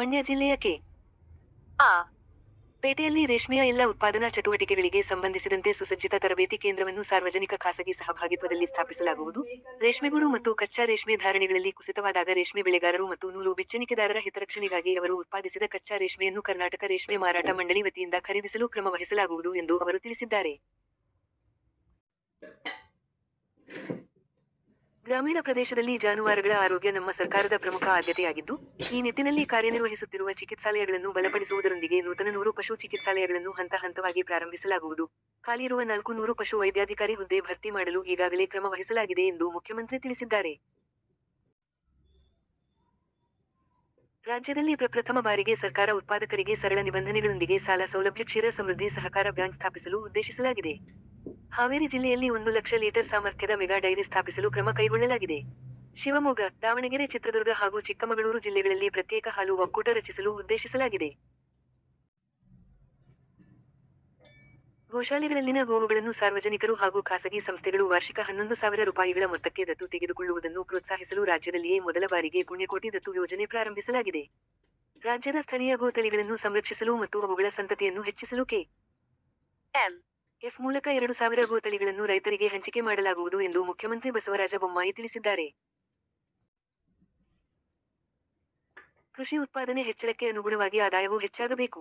ಮಂಡ್ಯ ಜಿಲ್ಲೆಯ K. R. ಪೇಟೆಯಲ್ಲಿ ರೇಷ್ಮೆಯ ಎಲ್ಲಾ ಉತ್ಪಾದನಾ ಚಟುವಟಿಕೆಗಳಿಗೆ ಸಂಬಂಧಿಸಿದಂತೆ ಸುಸಜ್ಜಿತ ತರಬೇತಿ ಕೇಂದ್ರವನ್ನು ಸಾರ್ವಜನಿಕ- ಖಾಸಗಿ ಸಹಭಾಗಿತ್ವದಲ್ಲಿ ಸ್ಥಾಪಿಸಲಾಗುವುದು, ರೇಷ್ಮೆಗೂಡು ಮತ್ತು ಕಚ್ಚಾ ರೇಷ್ಮೆ ಧಾರಣೆಗಳಲ್ಲಿ ಕುಸಿತವಾದಾಗ ರೇಷ್ಮೆ ಬೆಳೆಗಾರರು ಮತ್ತು ನೂಲು ಬಿಚ್ಚಣಿಕೆದಾರರ ಹಿತರಕ್ಷಣೆಗಾಗಿ ಅವರು ಉತ್ಪಾದಿಸಿದ ಕಚ್ಚಾ ರೇಷ್ಮೆಯನ್ನು ಕರ್ನಾಟಕ ರೇಷ್ಮೆ ಮಾರಾಟ ಮಂಡಳಿ ವತಿಯಿಂದ ಖರೀದಿಸಲು ಕ್ರಮ ವಹಿಸಲಾಗುವುದು ಎಂದು ಅವರು ತಿಳಿಸಿದ್ದಾರೆ. ಗ್ರಾಮೀಣ ಪ್ರದೇಶದಲ್ಲಿ ಜಾನುವಾರಗಳ ಆರೋಗ್ಯ ನಮ್ಮ ಸರ್ಕಾರದ ಪ್ರಮುಖ ಆದ್ಯತೆಯಾಗಿದ್ದು, ಈ ನಿಟ್ಟಿನಲ್ಲಿ ಕಾರ್ಯನಿರ್ವಹಿಸುತ್ತಿರುವ ಚಿಕಿತ್ಸಾಲಯಗಳನ್ನು ಬಲಪಡಿಸುವುದರೊಂದಿಗೆ ನೂತನ ನೂರು ಪಶು ಚಿಕಿತ್ಸಾಲಯಗಳನ್ನು ಹಂತ ಹಂತವಾಗಿ ಪ್ರಾರಂಭಿಸಲಾಗುವುದು, ಖಾಲಿಯಿರುವ ನಾಲ್ಕು ನೂರು ಪಶು ವೈದ್ಯಾಧಿಕಾರಿ ಹುದ್ದೆ ಭರ್ತಿ ಮಾಡಲು ಈಗಾಗಲೇ ಕ್ರಮ ವಹಿಸಲಾಗಿದೆ ಎಂದು ಮುಖ್ಯಮಂತ್ರಿ ತಿಳಿಸಿದ್ದಾರೆ. ರಾಜ್ಯದಲ್ಲಿ ಪ್ರಪ್ರಥಮ ಬಾರಿಗೆ ಸರ್ಕಾರ ಉತ್ಪಾದಕರಿಗೆ ಸರಳ ನಿಬಂಧನೆಗಳೊಂದಿಗೆ ಸಾಲ ಸೌಲಭ್ಯ- ಕ್ಷೀರ ಸಮೃದ್ಧಿ ಸಹಕಾರ ಬ್ಯಾಂಕ್ ಸ್ಥಾಪಿಸಲು ಉದ್ದೇಶಿಸಲಾಗಿದೆ. ಹಾವೇರಿ ಜಿಲ್ಲೆಯಲ್ಲಿ ಒಂದು ಲಕ್ಷ ಲೀಟರ್ ಸಾಮರ್ಥ್ಯದ ಮೆಗಾ ಡೈರಿ ಸ್ಥಾಪಿಸಲು ಕ್ರಮ ಕೈಗೊಳ್ಳಲಾಗಿದೆ. ಶಿವಮೊಗ್ಗ, ದಾವಣಗೆರೆ- ಚಿತ್ರದುರ್ಗ ಹಾಗೂ ಚಿಕ್ಕಮಗಳೂರು ಜಿಲ್ಲೆಗಳಲ್ಲಿ ಪ್ರತ್ಯೇಕ ಹಾಲು ಒಕ್ಕೂಟ ರಚಿಸಲು ಉದ್ದೇಶಿಸಲಾಗಿದೆ. ಗೋಶಾಲೆಗಳಲ್ಲಿನ ಗೋವುಗಳನ್ನು ಸಾರ್ವಜನಿಕರು ಹಾಗೂ ಖಾಸಗಿ ಸಂಸ್ಥೆಗಳು ವಾರ್ಷಿಕ ಹನ್ನೊಂದು ಸಾವಿರ ರುಪಾಯಿಗಳ ಮೊತ್ತಕ್ಕೆ ದತ್ತು ತೆಗೆದುಕೊಳ್ಳುವುದನ್ನು ಪ್ರೋತ್ಸಾಹಿಸಲು ರಾಜ್ಯದಲ್ಲಿಯೇ ಮೊದಲ ಬಾರಿಗೆ ಪುಣ್ಯಕೋಟಿ ದತ್ತು ಯೋಜನೆ ಪ್ರಾರಂಭಿಸಲಾಗಿದೆ. ರಾಜ್ಯದ ಸ್ಥಳೀಯ ಗೋ ತಳಿಗಳನ್ನು ಸಂರಕ್ಷಿಸಲು ಮತ್ತು ಅವುಗಳ ಸಂತತಿಯನ್ನು ಹೆಚ್ಚಿಸಲು ಕೆ. ಎಂ. ಎಫ್ ಮೂಲಕ ಎರಡು ಸಾವಿರ ಗೋ ತಳಿಗಳನ್ನು ರೈತರಿಗೆ ಹಂಚಿಕೆ ಮಾಡಲಾಗುವುದು ಎಂದು ಮುಖ್ಯಮಂತ್ರಿ ಬಸವರಾಜ ಬೊಮ್ಮಾಯಿ ತಿಳಿಸಿದ್ದಾರೆ. ಕೃಷಿ ಉತ್ಪಾದನೆ ಹೆಚ್ಚಳಕ್ಕೆ ಅನುಗುಣವಾಗಿ ಆದಾಯವೂ ಹೆಚ್ಚಾಗಬೇಕು.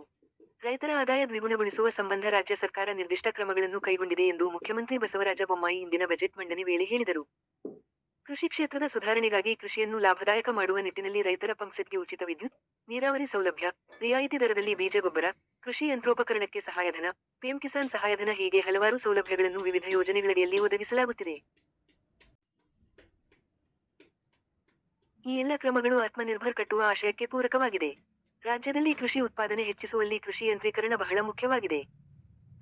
ರೈತರ ಆದಾಯ ದ್ವಿಗುಣಗೊಳಿಸುವ ಸಂಬಂಧ ರಾಜ್ಯ ಸರ್ಕಾರ ನಿರ್ದಿಷ್ಟ ಕ್ರಮಗಳನ್ನು ಕೈಗೊಂಡಿದೆ ಎಂದು ಮುಖ್ಯಮಂತ್ರಿ ಬಸವರಾಜ ಬೊಮ್ಮಾಯಿ ಇಂದಿನ ಬಜೆಟ್ ಮಂಡನೆ ವೇಳೆ ಹೇಳಿದರು. ಕೃಷಿ ಕ್ಷೇತ್ರದ ಸುಧಾರಣೆಗಾಗಿ ಕೃಷಿಯನ್ನು ಲಾಭದಾಯಕ ಮಾಡುವ ನಿಟ್ಟಿನಲ್ಲಿ ರೈತರ ಪಂಪ್ ಸೆಟ್ ಗೆ ಉಚಿತ ವಿದ್ಯುತ್, ನೀರಾವರಿ ಸೌಲಭ್ಯ, ರಿಯಾಯಿತಿ ದರದಲ್ಲಿ ಬೀಜ ಗೊಬ್ಬರ, ಕೃಷಿ ಯಂತ್ರೋಪಕರಣಕ್ಕೆ ಸಹಾಯಧನ, ಪಿಎಂ ಕಿಸಾನ್ ಸಹಾಯಧನ ಹೀಗೆ ಹಲವಾರು ಸೌಲಭ್ಯಗಳನ್ನು ವಿವಿಧ ಯೋಜನೆಗಳಡಿಯಲ್ಲಿ ಒದಗಿಸಲಾಗುತ್ತಿದೆ. ಈ ಎಲ್ಲ ಕ್ರಮಗಳು ಆತ್ಮ ನಿರ್ಭರ್ ಕಟ್ಟುವ ಆಶಯಕ್ಕೆ ಪೂರಕವಾಗಿದೆ. ರಾಜ್ಯದಲ್ಲಿ ಕೃಷಿ ಉತ್ಪಾದನೆ ಹೆಚ್ಚಿಸುವಲ್ಲಿ ಕೃಷಿ ಯಂತ್ರೀಕರಣ ಬಹಳ ಮುಖ್ಯವಾಗಿದೆ.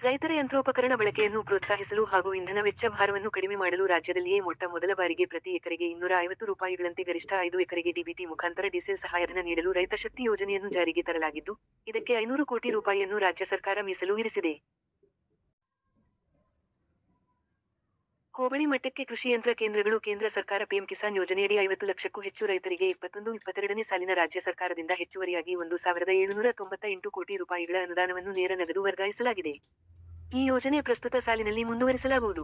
ರೈತರ ಯಂತ್ರೋಪಕರಣ ಬಳಕೆಯನ್ನು ಪ್ರೋತ್ಸಾಹಿಸಲು ಹಾಗೂ ಇಂಧನ ವೆಚ್ಚ ಭಾರವನ್ನು ಕಡಿಮೆ ಮಾಡಲು ರಾಜ್ಯದಲ್ಲಿಯೇ ಮೊಟ್ಟ ಮೊದಲ ಬಾರಿಗೆ ಪ್ರತಿ ಎಕರೆಗೆ ಇನ್ನೂರಾ ಐವತ್ತು ರೂಪಾಯಿಗಳಂತೆ ಗರಿಷ್ಠ ಐದು ಎಕರೆಗೆ ಡಿಬಿಟಿ ಮುಖಾಂತರ ಡೀಸೆಲ್ ಸಹಾಯಧನ ನೀಡಲು ರೈತ ಶಕ್ತಿ ಯೋಜನೆಯನ್ನು ಜಾರಿಗೆ ತರಲಾಗಿದ್ದು, ಇದಕ್ಕೆ ಐನೂರು ಕೋಟಿ ರೂಪಾಯಿಯನ್ನು ರಾಜ್ಯ ಸರ್ಕಾರ ಮೀಸಲು ಇರಿಸಿದೆ. ಹೋಬಳಿ ಮಟ್ಟಕ್ಕೆ ಕೃಷಿ ಯಂತ್ರ ಕೇಂದ್ರಗಳು ಕೇಂದ್ರ ಸರ್ಕಾರ ಪಿಎಂ ಕಿಸಾನ್ ಯೋಜನೆಯಡಿ ಐವತ್ತು ಲಕ್ಷಕ್ಕೂ ಹೆಚ್ಚು ರೈತರಿಗೆ ಇಪ್ಪತ್ತೊಂದು-ಇಪ್ಪತೆರಡನೇ ಸಾಲಿನ ರಾಜ್ಯ ಸರ್ಕಾರದಿಂದ ಹೆಚ್ಚುವರಿಯಾಗಿ ಒಂದು ಸಾವಿರದ ಏಳುನೂರಾ ತೊಂಬತ್ತ ಎಂಟು ಕೋಟಿ ರುಪಾಯಿಗಳ ಅನುದಾನವನ್ನು ನೇರ ನಗದು ವರ್ಗಾಯಿಸಲಾಗಿದೆ. ಈ ಯೋಜನೆ ಪ್ರಸ್ತುತ ಸಾಲಿನಲ್ಲಿ ಮುಂದುವರಿಸಲಾಗುವುದು.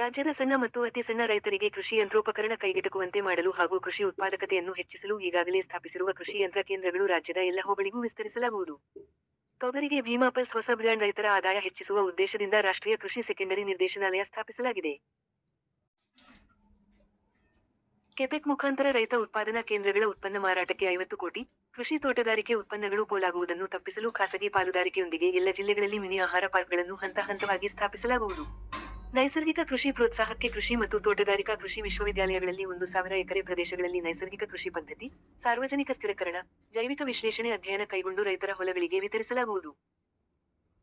ರಾಜ್ಯದ ಸಣ್ಣ ಮತ್ತು ಅತೀ ಸಣ್ಣ ರೈತರಿಗೆ ಕೃಷಿ ಯಂತ್ರೋಪಕರಣ ಕೈಗೆಟಕುವಂತೆ ಮಾಡಲು ಹಾಗೂ ಕೃಷಿ ಉತ್ಪಾದಕತೆಯನ್ನು ಹೆಚ್ಚಿಸಲು ಈಗಾಗಲೇ ಸ್ಥಾಪಿಸಿರುವ ಕೃಷಿ ಯಂತ್ರ ಕೇಂದ್ರಗಳು ರಾಜ್ಯದ ಎಲ್ಲ ಹೋಬಳಿಗೂ ವಿಸ್ತರಿಸಲಾಗುವುದು. ತೊಗರಿಗೆ ಭೀಮಾ ಪಲ್ಸ್ ಹೊಸ ಬ್ರ್ಯಾಂಡ್ ರೈತರ ಆದಾಯ ಹೆಚ್ಚಿಸುವ ಉದ್ದೇಶದಿಂದ ರಾಷ್ಟ್ರೀಯ ಕೃಷಿ ಸೆಕೆಂಡರಿ ನಿರ್ದೇಶನಾಲಯ ಸ್ಥಾಪಿಸಲಾಗಿದೆ. ಕೆಪೆಕ್ ಮುಖಾಂತರ ರೈತ ಉತ್ಪಾದನಾ ಕೇಂದ್ರಗಳ ಉತ್ಪನ್ನ ಮಾರಾಟಕ್ಕೆ ಐವತ್ತು ಕೋಟಿ, ಕೃಷಿ ತೋಟಗಾರಿಕೆ ಉತ್ಪನ್ನಗಳು ಪೋಲಾಗುವುದನ್ನು ತಪ್ಪಿಸಲು ಖಾಸಗಿ ಪಾಲುದಾರಿಕೆಯೊಂದಿಗೆ ಎಲ್ಲ ಜಿಲ್ಲೆಗಳಲ್ಲಿ ಮಿನಿ ಆಹಾರ ಪಾರ್ಕ್ ಗಳನ್ನು ಹಂತ-ಹಂತವಾಗಿ ಸ್ಥಾಪಿಸಲಾಗುವುದು. ನೈಸರ್ಗಿಕ ಕೃಷಿ ಪ್ರೋತ್ಸಾಹಕ್ಕೆ ಕೃಷಿ ಮತ್ತು ತೋಟಗಾರಿಕಾ ಕೃಷಿ ವಿಶ್ವವಿದ್ಯಾಲಯಗಳಲ್ಲಿ ಒಂದು ಸಾವಿರ ಎಕರೆ ಪ್ರದೇಶಗಳಲ್ಲಿ ನೈಸರ್ಗಿಕ ಕೃಷಿ ಪದ್ಧತಿ, ಸಾರ್ವಜನಿಕ ಸ್ಥಿರಕರಣ, ಜೈವಿಕ ವಿಶ್ಲೇಷಣೆ ಅಧ್ಯಯನ ಕೈಗೊಂಡು ರೈತರ ಹೊಲಗಳಿಗೆ ವಿತರಿಸಲಾಗುವುದು.